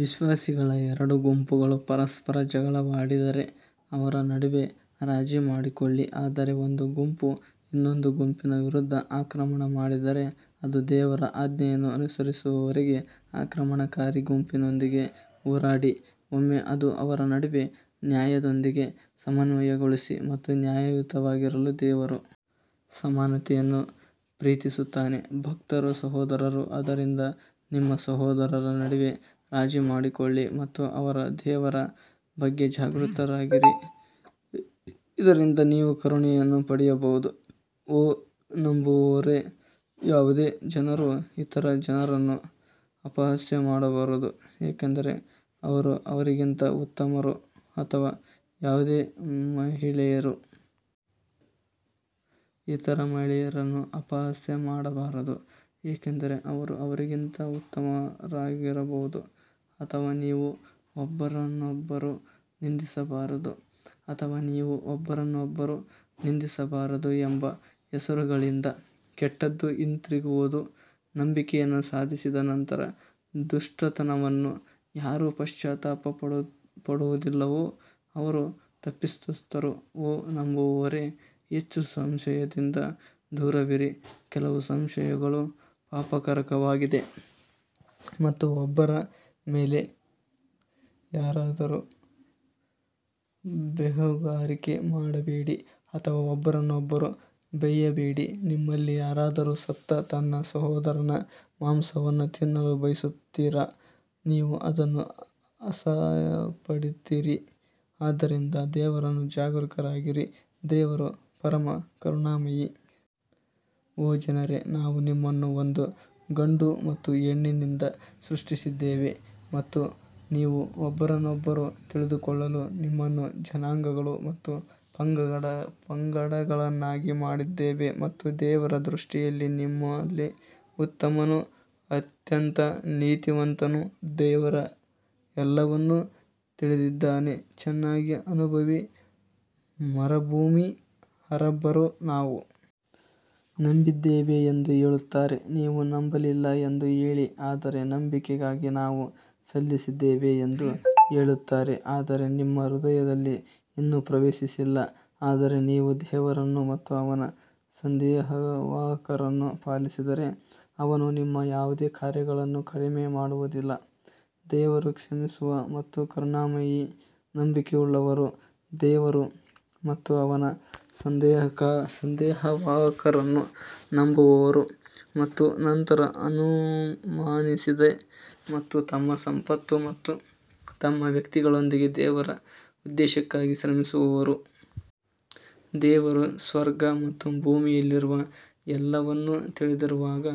ವಿಶ್ವಾಸಿಗಳ ಎರಡು ಗುಂಪುಗಳು ಪರಸ್ಪರ ಜಗಳವಾಡಿದರೆ ಅವರ ನಡುವೆ ರಾಜಿ ಮಾಡಿಕೊಳ್ಳಿ ಆದರೆ ಒಂದು ಗುಂಪು ಇನ್ನೊಂದು ಗುಂಪಿನ ವಿರುದ್ಧ ಆಕ್ರಮಣ ಮಾಡಿದರೆ ಅದು ದೇವರ ಆಜ್ಞೆಯನ್ನು ಅನುಸರಿಸುವವರೆಗೆ ಆಕ್ರಮಣಕಾರಿ ಗುಂಪಿನೊಂದಿಗೆ ಹೋರಾಡಿ ಒಮ್ಮೆ ಅದು ಅವರ ನಡುವೆ ನ್ಯಾಯದೊಂದಿಗೆ ಸಮನ್ವಯಗೊಳಿಸಿ ಮತ್ತು ನ್ಯಾಯಯುತವಾಗಿರಲು ದೇವರು ಸಮಾನತೆಯನ್ನು ಪ್ರೀತಿಸುತ್ತಾನೆ ಭಕ್ತರು ಸಹೋದರರು ಆದ್ದರಿಂದ ನಿಮ್ಮ ಸಹೋದರರ ನಡುವೆ ರಾಜಿ ಮಾಡಿಕೊಳ್ಳಿ ಮತ್ತು ದೇವರ ಬಗ್ಗೆ ಜಾಗೃತರಾಗಿರಿ ಇದರಿಂದ ನೀವು ಕರುಣೆಯನ್ನು ಪಡೆಯಬಹುದು ಓ ನಂಬುವವರೇ, ಯಾವುದೇ ಜನರು ಇತರ ಜನರನ್ನು ಅಪಹಾಸ್ಯ ಮಾಡಬಾರದು ಏಕೆಂದರೆ ಅವರು ಅವರಿಗಿಂತ ಉತ್ತಮರು ಅಥವಾ ಯಾವುದೇ ಮಹಿಳೆಯರು ಇತರ ಮಹಿಳೆಯರನ್ನು ಅಪಹಾಸ್ಯ ಮಾಡಬಾರದು ಏಕೆಂದರೆ ಅವರು ಅವರಿಗಿಂತ ಉತ್ತಮರಾಗಿರಬಹುದು ಅಥವಾ ನೀವು ಒಬ್ಬರನ್ನೊಬ್ಬರು ನಿಂದಿಸಬಾರದು ಅಥವಾ ನೀವು ಒಬ್ಬರನ್ನೊಬ್ಬರು ನಿಂದಿಸಬಾರದು ಎಂಬ ಹೆಸರುಗಳಿಂದ ಕೆಟ್ಟದು ಹಿಂತಿರುಗುವುದು ನಂಬಿಕೆಯನ್ನು ಸಾಧಿಸಿದ ನಂತರ ದುಷ್ಟತನವನ್ನು ಯಾರು ಪಶ್ಚಾತ್ತಾಪ ಪಡುವುದಿಲ್ಲವೋ ಅವರು ತಪ್ಪಿತಸ್ಥರು ಓ ನಂಬುವವರೇ ಹೆಚ್ಚು ಸಂಶಯದಿಂದ ದೂರವಿರಿ ಕೆಲವು ಸಂಶಯಗಳು ಪಾಪಕರವಾಗಿದೆ ಮತ್ತು ಒಬ್ಬರ ಮೇಲೆ ಒಬ್ಬರು ಬೇಹುಗಾರಿಕೆ ಮಾಡಬೇಡಿ ಅಥವಾ ಒಬ್ಬರನ್ನೊಬ್ಬರು ಬೈಯಬೇಡಿ ನಿಮ್ಮಲ್ಲಿ ಯಾರಾದರೂ ಸತ್ತ ತನ್ನ ಸಹೋದರನ ಮಾಂಸವನ್ನು ತಿನ್ನಲು ಬಯಸುತ್ತೀರಾ ನೀವು ಅದನ್ನು ಅಸಹ್ಯಪಡುತ್ತೀರಿ ಆದ್ದರಿಂದ ದೇವರನ್ನು ಜಾಗರೂಕರಾಗಿರಿ ದೇವರು ಪರಮ ಕರುಣಾಮಯಿ. ಓ ಜನರೇ ನಾವು ನಿಮ್ಮನ್ನು ಒಂದು ಗಂಡು ಮತ್ತು ಹೆಣ್ಣಿನಿಂದ ಸೃಷ್ಟಿಸಿದ್ದೇವೆ ಮತ್ತು ನೀವು ಒಬ್ಬರನ್ನೊಬ್ಬರು ತಿಳಿದುಕೊಳ್ಳಲು ನಿಮ್ಮನ್ನು ಜನಾಂಗಗಳು ಮತ್ತು ಪಂಗಡಗಳನ್ನಾಗಿ ಮಾಡಿದ್ದೇವೆ ಮತ್ತು ದೇವರ ದೃಷ್ಟಿಯಲ್ಲಿ ನಿಮ್ಮಲ್ಲಿ ಉತ್ತಮನು ಅತ್ಯಂತ ನೀತಿವಂತನು ದೇವರು ಎಲ್ಲವನ್ನೂ ತಿಳಿದಿದ್ದಾನೆ ಚೆನ್ನಾಗಿ ಅನುಭವಿ ಮರುಭೂಮಿ ಅರಬ್ಬರು ನಾವು ನಂಬಿದ್ದೇವೆ ಎಂದು ಹೇಳುತ್ತಾರೆ ನೀವು ನಂಬಲಿಲ್ಲ ಎಂದು ಹೇಳಿ ಆದರೆ ನಂಬಿಕೆಗಾಗಿ ನಾವು ಸಲ್ಲಿಸಿದ್ದೇವೆ ಎಂದು ಹೇಳುತ್ತಾರೆ ಆದರೆ ನಿಮ್ಮ ಹೃದಯದಲ್ಲಿ ಇನ್ನೂ ಪ್ರವೇಶಿಸಿಲ್ಲ ಆದರೆ ನೀವು ದೇವರನ್ನು ಮತ್ತು ಅವನ ಸಂದೇಶವಾಹಕರನ್ನು ಪಾಲಿಸಿದರೆ ಅವನು ನಿಮ್ಮ ಯಾವುದೇ ಕಾರ್ಯಗಳನ್ನು ಕಡಿಮೆ ಮಾಡುವುದಿಲ್ಲ ದೇವರು ಕ್ಷಮಿಸುವ ಮತ್ತು ಕರುಣಾಮಯಿ ನಂಬಿಕೆಯುಳ್ಳವರು ದೇವರು ಮತ್ತು ಅವನ ಸಂದೇಶವಾಹಕರನ್ನು ನಂಬುವವರು ಮತ್ತು ನಂತರ ಅನುಮಾನಿಸದೆ ಮತ್ತು ತಮ್ಮ ಸಂಪತ್ತು ಮತ್ತು ತಮ್ಮ ವ್ಯಕ್ತಿಗಳೊಂದಿಗೆ ದೇವರ ಉದ್ದೇಶಕ್ಕಾಗಿ ಶ್ರಮಿಸುವವರು. ದೇವರು ಸ್ವರ್ಗ ಮತ್ತು ಭೂಮಿಯಲ್ಲಿರುವ ಎಲ್ಲವನ್ನೂ ತಿಳಿದಿರುವಾಗ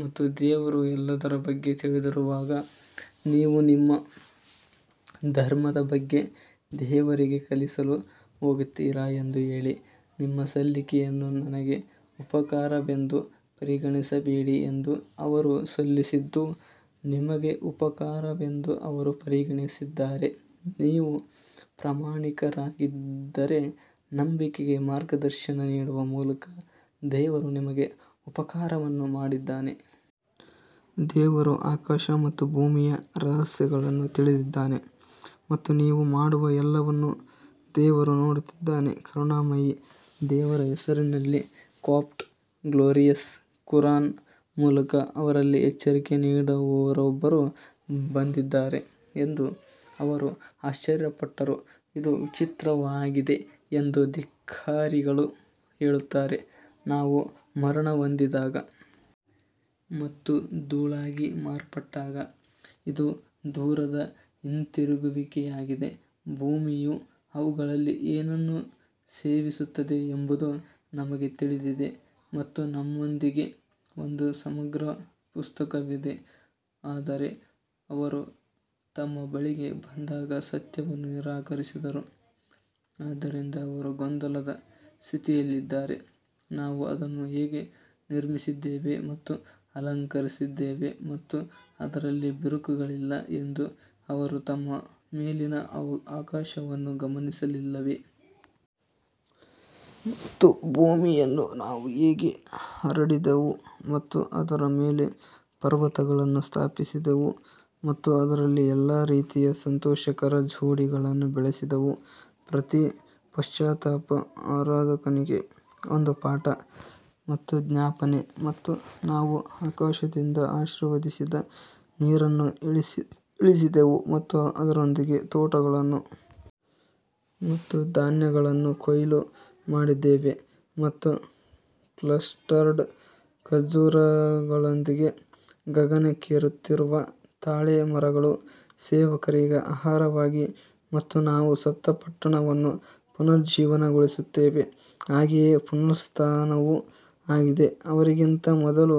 ಮತ್ತು ದೇವರು ಎಲ್ಲದರ ಬಗ್ಗೆ ತಿಳಿದಿರುವಾಗ ನೀವು ನಿಮ್ಮ ಧರ್ಮದ ಬಗ್ಗೆ ದೇವರಿಗೆ ಕಲಿಸಲು ಹೋಗುತ್ತೀರಾ ಎಂದು ಹೇಳಿ. ನಿಮ್ಮ ಸಲ್ಲಿಕೆಯನ್ನು ನನಗೆ ಉಪಕಾರವೆಂದು ಪರಿಗಣಿಸಬೇಡಿ ಎಂದು ಅವರು ಸಲ್ಲಿಸಿದ್ದು ನಿಮಗೆ ಉಪಕಾರವೆಂದು ಅವರು ಪರಿಗಣಿಸಿದ್ದಾರೆ, ನೀವು ಪ್ರಾಮಾಣಿಕರಾಗಿದ್ದರೆ ನಂಬಿಕೆಗೆ ಮಾರ್ಗದರ್ಶನ ನೀಡುವ ಮೂಲಕ ದೇವರು ನಿಮಗೆ ಉಪಕಾರವನ್ನು ಮಾಡಿದ್ದಾನೆ. ದೇವರು ಆಕಾಶ ಮತ್ತು ಭೂಮಿಯ ರಹಸ್ಯಗಳನ್ನು ತಿಳಿದಿದ್ದಾನೆ ಮತ್ತು ನೀವು ಮಾಡುವ ಎಲ್ಲವನ್ನೂ ದೇವರು ನೋಡುತ್ತಿದ್ದಾನೆ ಕರುಣಾಮಯಿ ದೇವರ ಹೆಸರಿನಲ್ಲಿ ಕ್ವಾಫ್ ಗ್ಲೋರಿಯಸ್ ಕುರಾನ್ ಮೂಲಕ ಅವರಲ್ಲಿ ಎಚ್ಚರಿಕೆ ನೀಡುವವರೊಬ್ಬರು ಬಂದಿದ್ದಾರೆ ಎಂದು ಅವರು ಆಶ್ಚರ್ಯಪಟ್ಟರು, ಇದು ವಿಚಿತ್ರವಾಗಿದೆ ಎಂದು ಧಿಕ್ಕಾರಿಗಳು ಹೇಳುತ್ತಾರೆ ನಾವು ಮರಣಹೊಂದಿದಾಗ ಮತ್ತು ಧೂಳಾಗಿ ಮಾರ್ಪಟ್ಟಾಗ ಇದು ದೂರದ ಹಿಂತಿರುಗುವಿಕೆಯಾಗಿದೆ ಭೂಮಿಯು ಅವುಗಳಲ್ಲಿ ಏನನ್ನು ಸೇವಿಸುತ್ತದೆ ಎಂಬುದು ನಮಗೆ ತಿಳಿದಿದೆ ಮತ್ತು ನಮ್ಮೊಂದಿಗೆ ಒಂದು ಸಮಗ್ರ ಪುಸ್ತಕವಿದೆ ಆದರೆ ಅವರು ತಮ್ಮ ಬಳಿಗೆ ಬಂದಾಗ ಸತ್ಯವನ್ನು ನಿರಾಕರಿಸಿದರು, ಆದ್ದರಿಂದ ಅವರು ಗೊಂದಲದ ಸ್ಥಿತಿಯಲ್ಲಿದ್ದಾರೆ ನಾವು ಅದನ್ನು ಹೇಗೆ ನಿರ್ಮಿಸಿದ್ದೇವೆ ಮತ್ತು ಅಲಂಕರಿಸಿದ್ದೇವೆ ಮತ್ತು ಅದರಲ್ಲಿ ಬಿರುಕುಗಳಿಲ್ಲ ಎಂದು ಅವರು ತಮ್ಮ ಮೇಲಿನ ಆಕಾಶವನ್ನು ಗಮನಿಸಲಿಲ್ಲವೇ? ಮತ್ತು ಭೂಮಿಯನ್ನು ನಾವು ಹೇಗೆ ಹರಡಿದೆವು ಮತ್ತು ಅದರ ಮೇಲೆ ಪರ್ವತಗಳನ್ನು ಸ್ಥಾಪಿಸಿದೆವು ಮತ್ತು ಅದರಲ್ಲಿ ಎಲ್ಲಾ ರೀತಿಯ ಸಂತೋಷಕರ ಜೋಡಿಗಳನ್ನು ಬೆಳೆಸಿದೆವು ಪ್ರತಿ ಪಶ್ಚಾತ್ತಾಪ ಆರಾಧಕನಿಗೆ ಒಂದು ಪಾಠ ಮತ್ತು ಜ್ಞಾಪನೆ ಮತ್ತು ನಾವು ಆಕಾಶದಿಂದ ಆಶೀರ್ವದಿಸಿದ ನೀರನ್ನು ಇಳಿಸಿದೆವು ಮತ್ತು ಅದರೊಂದಿಗೆ ತೋಟಗಳನ್ನು ಮತ್ತು ಧಾನ್ಯಗಳನ್ನು ಕೊಯ್ಲು ಮಾಡಿದ್ದೇವೆ ಮತ್ತು ಕ್ಲಸ್ಟರ್ಡ್ ಖರ್ಜೂರಗಳೊಂದಿಗೆ ಗಗನಕ್ಕೇರುತ್ತಿರುವ ತಾಳೆ ಮರಗಳು ಸೇವಕರಿಗೆ ಆಹಾರವಾಗಿ ಮತ್ತು ನಾವು ಸತ್ತ ಪಟ್ಟಣವನ್ನು ಪುನರುಜ್ಜೀವನಗೊಳಿಸುತ್ತೇವೆ ಹಾಗೆಯೇ ಪುನರುತ್ಥಾನವೂ ಆಗಿದೆ ಅವರಿಗಿಂತ ಮೊದಲು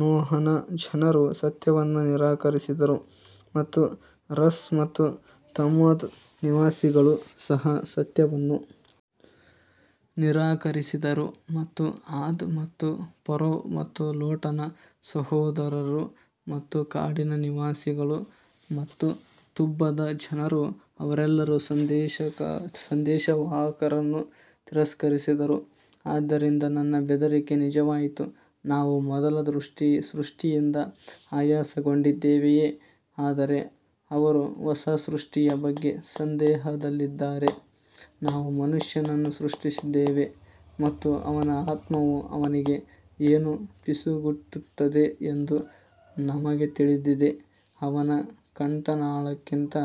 ನೋಹನ ಜನರು ಸತ್ಯವನ್ನು ನಿರಾಕರಿಸಿದರು ಮತ್ತು ರಸ್ ಮತ್ತು ತಮೂದ್ ನಿವಾಸಿಗಳು ಸಹ ಸತ್ಯವನ್ನು ನಿರಾಕರಿಸಿದರು ಮತ್ತು ಆದ್ ಮತ್ತು ಫರೋ ಮತ್ತು ಲೋಟನ ಸಹೋದರರು ಮತ್ತು ಕಾಡಿನ ನಿವಾಸಿಗಳು ಮತ್ತು ತುಬ್ಬದ ಜನರು ಅವರೆಲ್ಲರೂ ಸಂದೇಶವಾಹಕರನ್ನು ತಿರಸ್ಕರಿಸಿದರು ಆದ್ದರಿಂದ ನನ್ನ ಬೆದರಿಕೆ ನಿಜವಾಯಿತು ನಾವು ಮೊದಲ ಸೃಷ್ಟಿಯಿಂದ ಆಯಾಸಗೊಂಡಿದ್ದೇವೆಯೇ ಆದರೆ ಅವರು ಹೊಸ ಸೃಷ್ಟಿಯ ಬಗ್ಗೆ ಸಂದೇಹದಲ್ಲಿದ್ದಾರೆ ನಾವು ಮನುಷ್ಯನನ್ನು ಸೃಷ್ಟಿಸಿದ್ದೇವೆ ಮತ್ತು ಅವನ ಆತ್ಮವು ಅವನಿಗೆ ಏನು ಪಿಸುಗುಟ್ಟುತ್ತದೆ ಎಂದು ನಮಗೆ ತಿಳಿದಿದೆ, ಅವನ ಕಂಠನಾಳಕ್ಕಿಂತ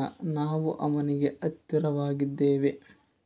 ನಾವು ಅವನಿಗೆ ಹತ್ತಿರವಾಗಿದ್ದೇವೆ.